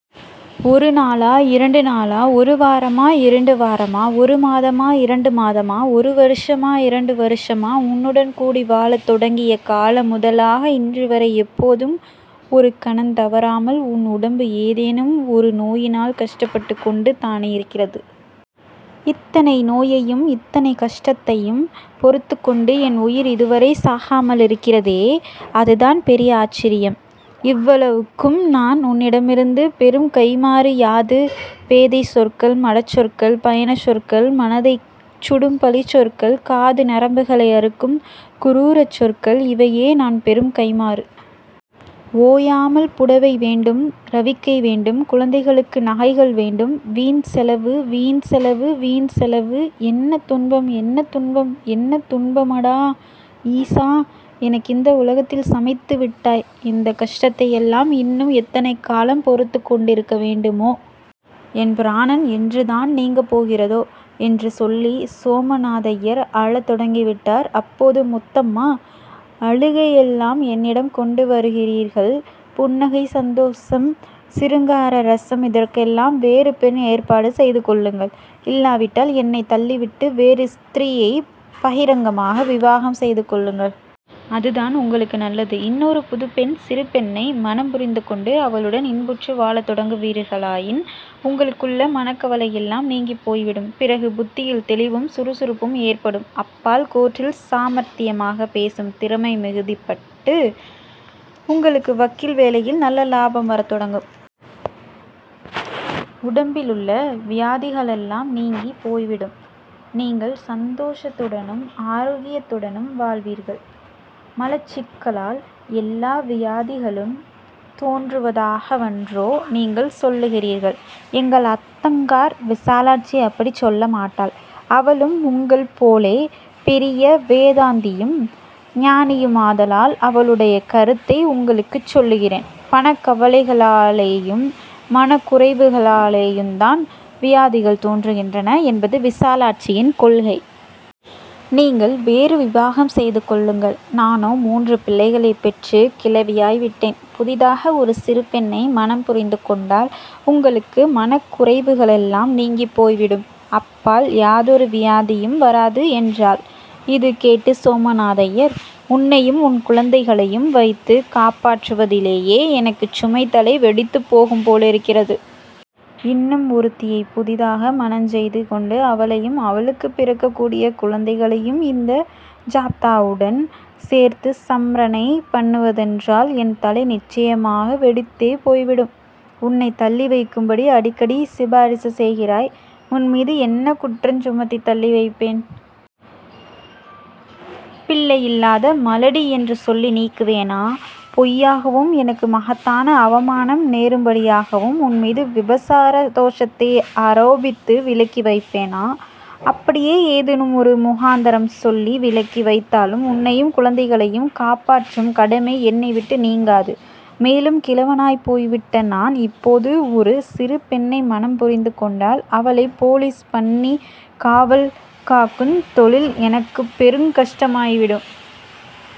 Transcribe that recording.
ஒரு நாளா, இரண்டு நாளா, ஒரு வாரமா, இரண்டு வாரமா, ஒரு மாதமா, இரண்டு மாதமா, ஒரு வருஷமா, இரண்டு வருஷமா, உன்னுடன் கூடி வாழத் தொடங்கிய கால முதலாக இன்றுவரை எப்போதும், ஒரு கணந் தவறாமல் என் உடம்பு ஏதேனம் ஒரு நோயினால் கஷ்டப்பட்டுக் கொண்டு தானிருக்கிறது. இத்தனை நோயையும் இத்தனை கஷ்டத்தையும் பொறுத்துக்கொண்டு என் உயிர் இதுவரை சாகாமலிருக்கிறதே, அதுதான் பெரிய ஆச்சரியம். இவ்வளவுக்கும் நான் உன்னிடமிருந்து பெறும் கைம்மாறு யாது? பேதைச் சொற்கள், மடச்சொற்கள், பயனற்ற சொற்கள், மனதைச் சுடும் பழிச் சொற்கள், காது நரம்புகளை அறுக்கும் குரூரச் சொற்கள், இவையே நான் பெறும் கைம்மாறு. ஓயாமல் 'புடவை வேண்டும்', 'ரவிக்கை வேண்டும்', 'குழந்தைகளுக்கு நகைகள் வேண்டும்',- வீண் செலவு! வீண் செலவு! வீண் செலவு! என்ன துன்பம், என்ன துன்பம்! என்ன துன்பமடா, ஈசா! எனக்கிந்த உலகத்தில் சமைத்து விட்டாய்! இந்தக் கஷ்டத்தையெல்லாம் இன்னும் எத்தனை காலம் பொறுத்துக் கொண்டிருக்க வேண்டுமோ? என் பிராணன் என்றுதான் நீங்கப் போகிறதோ? '' என்று சொல்லி சோமநாதய்யர் அழத் தொடங்கிவிட்டார். அப்போது முத்தம்மா:- ''அழுகையெல்லாம் என்னிடம் கொண்டு வருகிறீர்கள். புன்னகை, சந்தோஷம், சிருங்கார ரஸம் இதற்கெல்லாம் வேறு பெண் ஏற்பாடு செய்துகொள்ளுங்கள். இல்லாவிட்டால் என்னைத் தள்ளிவிட்டு வேறு ஸ்திரீயை பகிரங்கமாக விவாகம் செய்துகொள்ளுங்கள். அதுதான் உங்களுக்கு நல்லது. இன்னொரு புதுப்பெண்-சிறு பெண்ணை மணம் புரிந்துகொண்டு அவளுடன் இன்புற்று வாழத் தொடங்குவீர்களாயின் உங்களுக்குள்ள மனக்கவலையெல்லாம் நீங்கிப் போய்விடும். பிறகு புத்தியில் தெளிவும் சுறுசுறுப்பும் ஏற்படும். அப்பால் கோர்ட்டில் சாமர்த்தியமாகப் பேசும் திறமை மிகுதிப்பட்டு, உங்களுக்கு வக்கீல் வேலையில் நல்ல லாபம் வரத் தொடங்கும். உடம்பிலுள்ள வியாதிகளெல்லாம் நீங்கிப் போய்விடும். நீங்கள் சந்தோஷத்துடனும் ஆரோக்கியத்துடனும் வாழ்வீர்கள். மலச்சிக்கலால் எல்லா வியாதிகளும் தோன்றுவதாகவன்றோ நீங்கள் சொல்லுகிறீர்கள். எங்கள் அத்தங்கார் விசாலாட்சி அப்படிச் சொல்லமாட்டாள். அவளும் உங்கள் போலே பெரிய வேதாந்தியும் ஞானியுமாதலால் அவளுடைய கருத்தை உங்களுக்குச் சொல்லுகிறேன். பணக்கவலைகளாலேயும் மனக்குறைவுகளாலேயுந்தான் வியாதிகள் தோன்றுகின்றன என்பது விசாலாட்சியின் கொள்கை. நீங்கள் வேறு விவாகம் செய்து கொள்ளுங்கள். நானோ மூன்றுப் பிள்ளைகளைப் பெற்றுக் கிழவியாய் விட்டேன். புதிதாக ஒரு சிறு பெண்ணை மணம் புரிந்து கொண்டால் உங்களுக்கு மனக்குறைவுகளெல்லாம் நீங்கிப் போய்விடும். அப்பால் யாதொரு வியாதியும் வராது'' என்றாள். இது கேட்டு சோமநாதய்யர்:- ''உன்னையும் உன் குழந்தைகளையும் வைத்துக் காப்பாற்றுவதிலேயே எனக்குச் சுமை தலை வெடித்துப் போகும் போலிருக்கிறது. இன்னும் ஒருத்தியைப் புதிதாக மணஞ் செய்து கொண்டு அவளையும் அவளுக்குப் பிறக்கக்கூடிய குழந்தைகளையும் இந்த ஜாப்தாவுடன் சேர்த்து சம்ர ணை பண்ணுவதென்றால் என் தலை நிச்சயமாக வெடித்தே போய்விடும். உன்னைத் தள்ளி வைக்கும்படி அடிக்கடி சிபார்சு செய்கிறாய். உன்மீது என்ன குற்றஞ் சுமத்தித் தள்ளி வைப்பேன்? பிள்ளையில்லாத மலடியென்று சொல்லி நீக்குவேனா? பொய்யாகவும், எனக்கு மகத்தான அவமானம் நேரும்படியாகவும் உன்மீது விபசார தோஷத்தை ஆரோபித்து விலக்கி வைப்பேனா? அப்படியே ஏதேனுமொரு முகாந்தரம் சொல்லி விலக்கி வைத்தாலும் உன்னையும் குழந்தைகளையும் காப்பாற்றும் கடமை என்னை விட்டு நீங்காது. மேலும் கிழவனாய்போய்விட்ட நான் இப்போது ஒரு சிறு பெண்ணை மணம் புரிந்து கொண்டால் அவளைப் போலீஸ் பண்ணிக் காவல் காக்குந் தொழில் எனக்குப் பெருங் கஷ்டமாகிவிடும்.